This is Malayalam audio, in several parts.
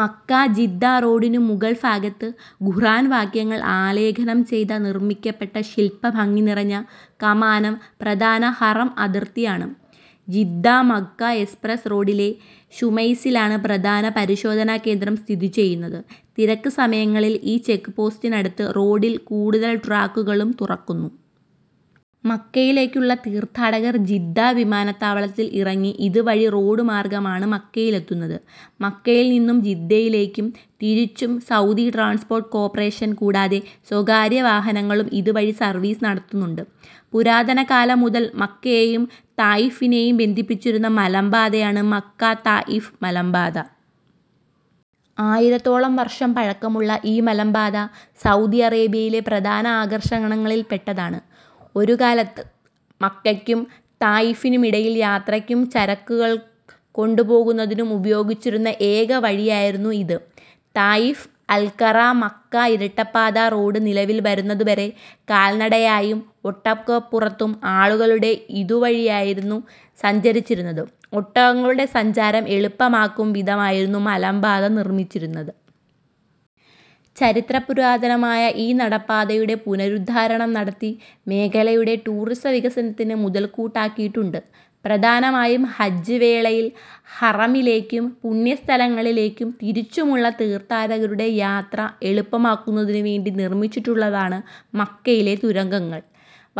മക്ക-ജിദ്ദ റോഡിനു മുകൾ ഭാഗത്ത് ഖുർആൻ വാക്യങ്ങൾ ആലേഖനം ചെയ്ത നിർമ്മിക്കപ്പെട്ട ശിൽപ്പഭംഗി നിറഞ്ഞ കമാനം പ്രധാന ഹറം അതിർത്തി ആണ്. ജിദ്ദ-മക്ക എക്സപ്രസ് റോഡിലെ ശുമൈസിയിലാണ് പ്രധാന പരിശോധനാ കേന്ദ്രം സ്ഥിതി ചെയ്യുന്നത്. തിരക്ക് സമയങ്ങളിൽ ഈ ചെക്ക് പോസ്റ്റിനടുത്ത് റോഡിൽ കൂടുതൽ ട്രാക്കുകളും തുറക്കുന്നു. മക്കയിലേക്കുള്ള തീർത്ഥാടകർ ജിദ്ദ വിമാനത്താവളത്തിൽ ഇറങ്ങി ഇത് വഴി റോഡ് മാർഗ്ഗമാണ് മക്കയിലെത്തുന്നത്. മക്കയിൽ നിന്നും ജിദ്ദയിലേക്കും തിരിച്ചും സൗദി ട്രാൻസ്പോർട്ട് കോർപറേഷൻ കൂടാതെ സ്വകാര്യ വാഹനങ്ങളും ഇത് വഴി സർവീസ് നടത്തുന്നുണ്ട്. പുരാതന കാലം മുതൽ മക്കയെയും ത്വായിഫിനെയും ബന്ധിപ്പിച്ചിരുന്ന മലമ്പാതയാണ് മക്ക-താഇഫ് മലമ്പാത. ആയിരത്തോളം വർഷം പഴക്കമുള്ള ഈ മലമ്പാത സൗദി അറേബ്യയിലെ പ്രധാന ആകർഷണങ്ങളിൽ പെട്ടതാണ്. ഒരു കാലത്ത് മക്കക്കും താഇഫിനുമിടയിൽ യാത്രക്കും ചരക്കുകൾ കൊണ്ടുപോകുന്നതിനും ഉപയോഗിച്ചിരുന്ന ഏക വഴിയായിരുന്നു ഇത്. താഇഫ് അൽകറ-മക്ക ഇരട്ടപ്പാത റോഡ് നിലവിൽവരുന്നതുവരെ കാൽനടയായും ഒട്ടകപ്പുറത്തും ആളുകളുടെ ഇതുവഴിയായിരുന്നു സഞ്ചരിച്ചിരുന്നത്. ഒട്ടകങ്ങളുടെ സഞ്ചാരം എളുപ്പമാക്കും വിധമായിരുന്നു മലമ്പാത നിർമ്മിച്ചിരുന്നത്. ചരിത്ര പുരാതനമായ ഈ നടപ്പാതയുടെ പുനരുദ്ധാരണം നടത്തി മേഖലയുടെ ടൂറിസ വികസനത്തിന് മുതൽക്കൂട്ടാക്കിയിട്ടുണ്ട്. പ്രധാനമായും ഹജ്ജ് വേളയിൽ ഹറമിലേക്കും പുണ്യസ്ഥലങ്ങളിലേക്കും തിരിച്ചുമുള്ള തീർത്ഥാടകരുടെ യാത്ര എളുപ്പമാക്കുന്നതിനു വേണ്ടി നിർമ്മിച്ചിട്ടുള്ളതാണ് മക്കയിലെ തുരങ്കങ്ങൾ.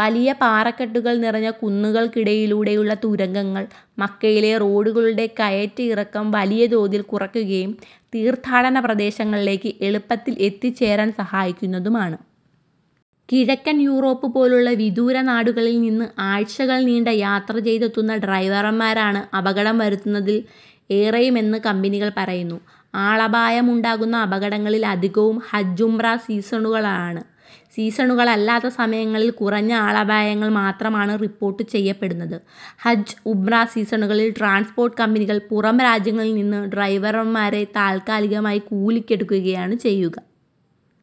വലിയ പാറക്കെട്ടുകൾ നിറഞ്ഞ കുന്നുകൾക്കിടയിലൂടെയുള്ള തുരങ്കങ്ങൾ മക്കയിലെ റോഡുകളുടെ കയറ്റിറക്കം വലിയ തോതിൽ കുറക്കുകയും തീർത്ഥാടന പ്രദേശങ്ങളിലേക്ക് എളുപ്പത്തിൽ എത്തിച്ചേരാൻ സഹായിക്കുന്നതുമാണ്. കിഴക്കൻ യൂറോപ്പ് പോലുള്ള വിദൂര നാടുകളിൽ നിന്ന് ആഴ്ചകൾ നീണ്ട യാത്ര ചെയ്തെത്തുന്ന ഡ്രൈവർമാരാണ് അപകടം വരുത്തുന്നതിൽ ഏറെയുമെന്ന് കമ്പനികൾ പറയുന്നു. ആളപായമുണ്ടാകുന്ന അപകടങ്ങളിൽ അധികവും ഹജ്ജ്-ഉംറ സീസണുകളിലാണ്. സീസണുകളല്ലാത്ത സമയങ്ങളിൽ കുറഞ്ഞ ആളപായങ്ങൾ മാത്രമാണ് റിപ്പോർട്ട് ചെയ്യപ്പെടുന്നത്. ഹജ്ജ്-ഉംറ സീസണുകളിൽ ട്രാൻസ്പോർട്ട് കമ്പനികൾ പുറം രാജ്യങ്ങളിൽനിന്ന് ഡ്രൈവർമാരെ താൽക്കാലികമായി കൂലിക്കെടുക്കുകയാണ് ചെയ്യുക.